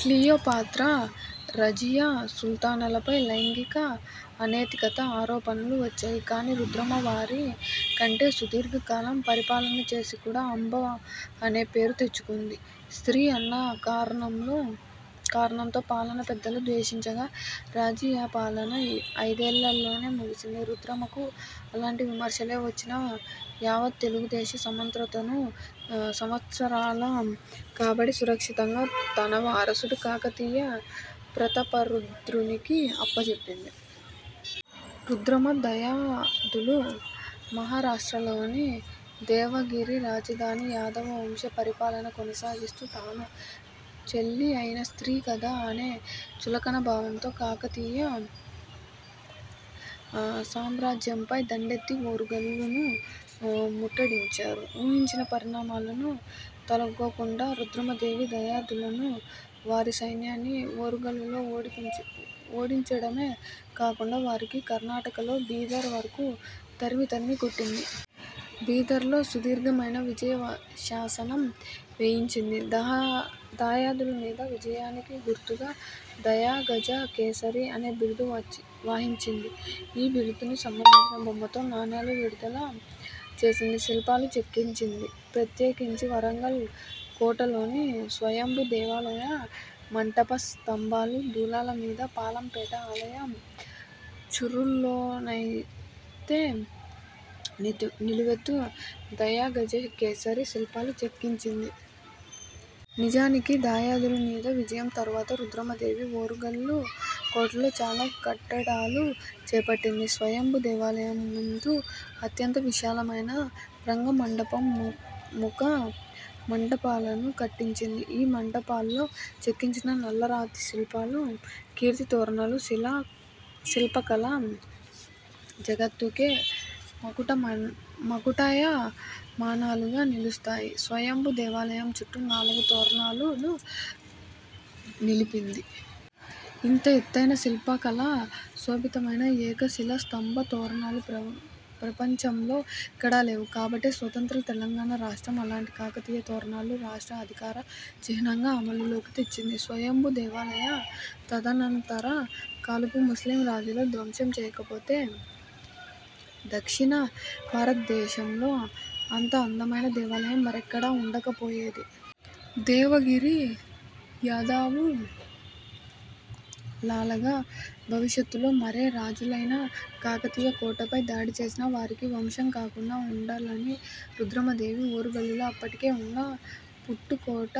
క్లియో పాత్ర, రజియా సుల్తానాలపై లైంగిక అనైతికతా ఆరోపణలు వచ్చాయి. కాని రుద్రమ వారి కంటె సుదీర్ఘ కాలం పరిపాలన చేసి కూడా 'అంబ' అనే పేరు తెచ్చుకొంది. స్ర్తీ అన్న కారణంతో పాలనా పెద్దలు ద్వేషించగా రజియాపాలన ఐదేళ్ళలోనే ముగిసింది. రుద్రమకు అలాంటి విమర్శలే వచ్చినా యావత్ తెలుగుదేశ స్వమంత్రతను సంవత్సరాలు కాపాడి సురక్షితంగా తనవారసుడు కాకతీయ ప్రతాపరుద్రునికి అప్పజెప్పింది. రుద్రమ దయాదులు మహారాష్ట్రలోని దేవగిరి రాజధానిగా యాదవ వంశ పరిపాలన కొనసాగిస్తూ తమ చెల్లి అయినా స్ర్తీ కదా అనే చులకన భావంతో కాకతీయ సామ్రాజ్యంపై దండెత్తి ఓరుగల్లు ను ముట్టడించారు. ఊహించని పరిణామాలను తలొగ్గకుండా రుద్రమదేవి దాయాదులను, వారి సైన్యాన్ని ఓరుగల్లులో ఓడించడమే కాకుండా వారికి కర్ణాటకలోని బీదర్ వరకు తరిమి తరిమి కొట్టింది. బీదర్లో సుదీర్ఘమైన విజయ శాసనం వేయించింది. దాయాదుల మీద విజయానికి గుర్తుగా 'దాయ గజ కేసరి' అనే బిరుదు వహించింది. ఈ బిరుదును సంబంధించిన బొమ్మతో నాణాలు విడుదల చేసింది, శిల్పాలు చెక్కించింది – ప్రత్యేకించి వరంగల్ కోటలోని స్వయంభూ దేవాలయ మంటప స్తంభాలు, దూలాల మీద, పాలంపేట ఆలయ చూరుల్లోనైతే నిలువెత్తు దాయగజకేసరి శిల్పాలు చెక్కించింది. నిజానికి దాయాదుల మీద విజయం తరువాత రుద్రమదేవి ఓరుగల్లు కోటలో చాలా కట్టడాలు చేపట్టింది. స్వయంభూ దేవాలయం ముందు అత్యంత విశాలమైన రంగ మంటపం, ముఖ మంటపాలను కట్టించింది. ఈ మంటపాల్లో చెక్కించిన నల్లరాతి శిల్పాలు, కీర్తితోరణాలు శిల్పకళా జగత్తుకే మకుటాయమానాలుగా నిలుస్తాయి. స్వయంభూ దేవాలయం చుట్టూ నాలుగు తోరణాలు నిలిపింది. ఇంత ఎత్తైన శిల్పకళా శోభితమైన ఏకశిలా స్తంభ తోరణాలు ప్రపంచంలో ఎక్కడా లేవు. కాబట్టే స్వతంత్ర తెలంగాణ రాష్ట్రం అలాంటి కాకతీయ తోరణాలు రాష్ట్ర అధికారిక చిహ్నంగా అమలులోకి తెచ్చింది. స్వయంభూ దేవాలయా తదనంతర కాలపు ముస్లిం రాజులు ధ్వంసం చేయకపోతే దక్షిణ భారత్దేశంలో అంత అందమైన దేవాలయం మరెక్కడా ఉండకపోయేది. దేవగిరి యాదావులలాగా భవిష్యత్తులో మరే రాజులైనా కాకతీయ కోటపై దాడి చేసినా వారికి వశం కాకుండా ఉండాలని రుద్రమ దేవి ఓరుగల్లులో అప్పటికే ఉన్న పుట్టకోట,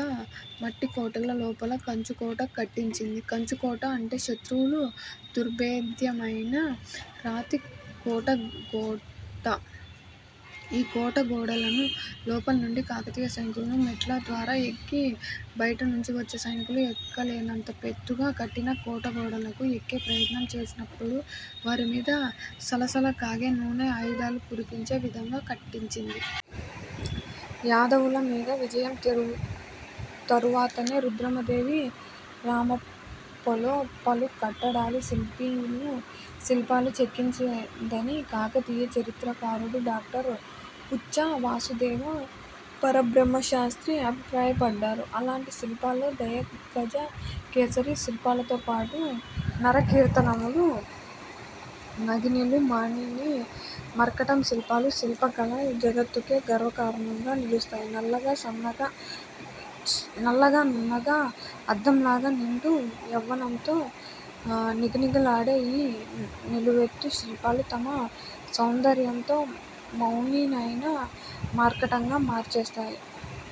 మట్టికోటల లోపల 'కంచుకోట' కట్టించింది. కంచుకోట అంటే శత్రువులు దుర్భేద్యమైన రాతి కోటగోట. ఈ కోటగోడలను లోపల్ నుండి కాకతీయ సైనికులు మెట్ల ద్వారా ఎక్కి బయటి నుంచి వచ్చే సైనికులు ఎక్కలేనంత ఎత్తుగా కట్టిన కోటగోడలను ఎక్కే ప్రయత్నం చేస్తున్నప్పుడు వారి మీద సలసల కాగే నూనె, ఆయుధాలు కురిపించే విధంగా కట్టించింది. యాదవుల మీద విజయం తరువాతనే రుద్రమదేవి రామప్పలో పలు కట్టడాలు, శిల్పాలు చెక్కించిందని కాకతీయ చరిత్రకారుడు డాక్టర్ పుచ్ఛా వాసుదేవ పరబ్రహ్మ శాస్ర్తి అభిప్రాయపడ్డారు. అలాంటి శిల్పాల్లో దయగజకేసరి శిల్పాలతోపాటు నర్తకీమణులు, నాగినులు, మానిని – మర్కటం శిల్పాలు శిల్పకళా జగత్తుకే గర్వకారణంగా నిలుస్తాయి. నల్లగా, నున్నగా, అద్దంలాగా నిండు యవ్వనంతో నిగనిగలాడే ఈ నిలువెత్తు శిల్పాలు తమ సౌందర్యంతో మౌనినైనా మార్కటంగా మార్చేస్తాయి.